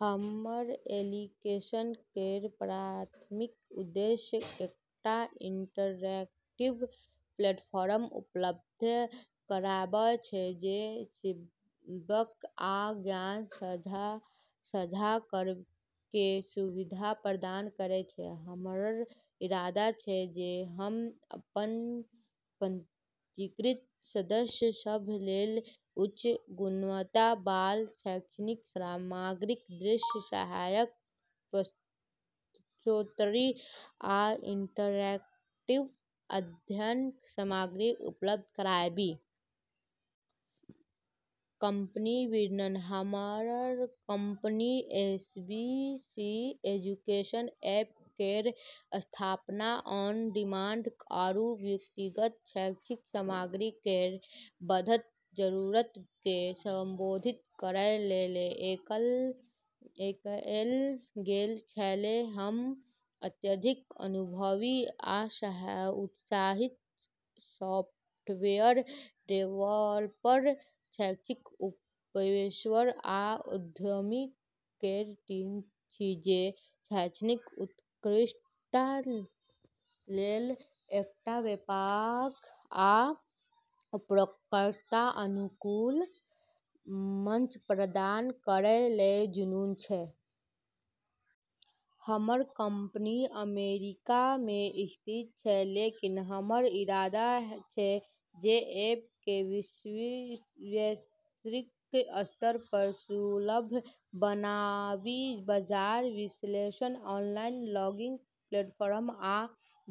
हमर एप्लीकेशन केर प्राथमिक उद्देश्य एकटा इंटरैक्टिव प्लेटफॉर्म उपलब्ध कराबब छै जे सिखब आ ज्ञान-साझा करब केर सुविधा प्रदान करै छै। हमर इरादा छै जे हम अपन पंजीकृत सदस्य सभ लेल उच्च गुणवत्ता बला शैक्षणिक सामग्री, दृश्य सहायक, प्रश्नोत्तरी, आ इंटरैक्टिव अध्ययन सामग्री उपलब्ध कराबी। कंपनी विवरण: हमर कंपनी, एबीसी एजुकेशन ऐप, केर स्थापना ऑन-डिमांड आरू व्यक्तिगत शैक्षिक सामग्री केर बढ़त जरूरत केँ संबोधित करै लेल कएल गेल छेलै। हम अत्यधिक अनुभवी आ उत्साही सॉफ्टवेयर डेवलपर, शैक्षिक पेशेवर, आ उद्यमी केर टीम छी जे शैक्षणिक उत्कृष्टता लेल एकटा व्यापक आ उपयोगकर्ता-अनुकूल मंच प्रदान करै लेल जुनूनी छै। हमर कंपनी अमेरिका मे स्थित छै, लेकिन हमर इरादा छै जे ऐप केँ वैश्विक स्तर पर सुलभ बनाबी। बाजार विश्लेषण: ऑनलाइन लर्निंग प्लेटफॉर्म आ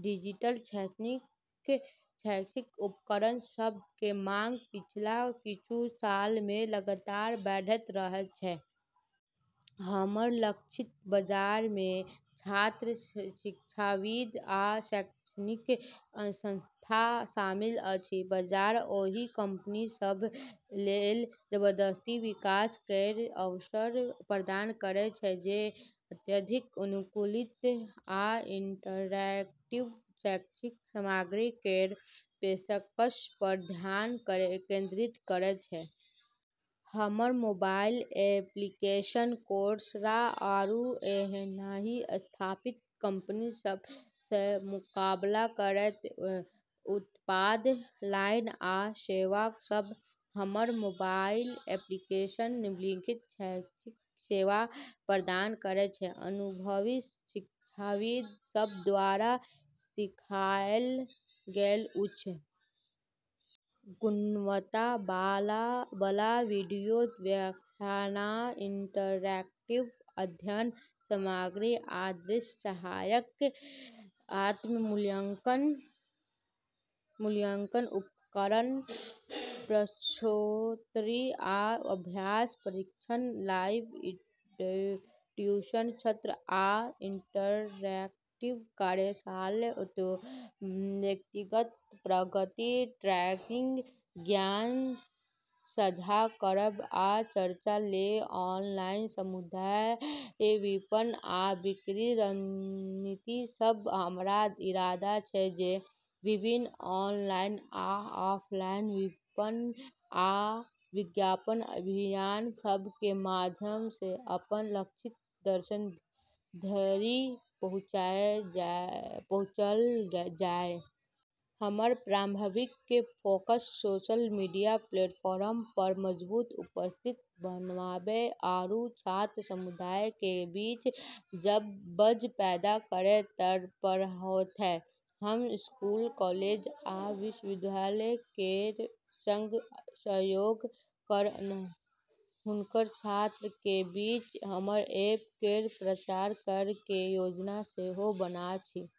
डिजिटल शैक्षिक उपकरण सभ केर माँग पिछला किछु साल मे लगातार बढ़ैत रहल छै। हमर लक्षित बाजार मे छात्र, शिक्षाविद, आ शैक्षणिक संस्थान शामिल अछि। बाजार ओहि कंपनी सभ लेल जबरदस्त विकास केर अवसर प्रदान करैत छै जे अत्यधिक अनुकूलित आ इंटरैक्टिव शैक्षिक सामग्री केर पेशकश पर ध्यान केंद्रित करैत छै। हमर मोबाइल एप्लीकेशन कोर्सरा, आरू एहनहि स्थापित कंपनी सभ सँ मुकाबला करतै। उत्पाद लाइन आ सेवा सभ: हमर मोबाइल एप्लीकेशन निम्नलिखित शैक्षिक सेवा प्रदान करैत छै: अनुभवी शिक्षाविद सभ द्वारा सिखाएल गेल उच्च गुणवत्ता बला वीडियो व्याख्यान - इंटरैक्टिव अध्ययन सामग्री आ दृश्य सहायक- आत्म-मूल्यांकन उपकरण, प्रश्नोत्तरी, आ अभ्यास परीक्षण- लाइव ट्यूशन सत्र आ इंटरैक्टिव कार्यशाला - व्यक्तिगत प्रगति ट्रैकिंग- ज्ञान-साझा करब आ चर्चा लेल ऑनलाइन समुदाय- विपणन आ बिक्री रणनीति सभ: हमर इरादा छै जे विभिन्न ऑनलाइन आ ऑफलाइन विपणन आ विज्ञापन अभियान सभ केर माध्यम सँ अपन लक्षित दर्शक धरि पहुँचल जाय। हमर प्रारंभिक फोकस सोशल मीडिया प्लेटफॉर्म पर मजबूत उपस्थिति बनाबै आरू छात्र समुदाय केर बीच बज़ पैदा करै पर होतै। हम स्कूल, कॉलेज, आ विश्वविद्यालय केर संग सहयोग कऽ हुनकर छात्र केर बीच हमर ऐप केर प्रचार करै केर योजना सेहो बना रहल छी।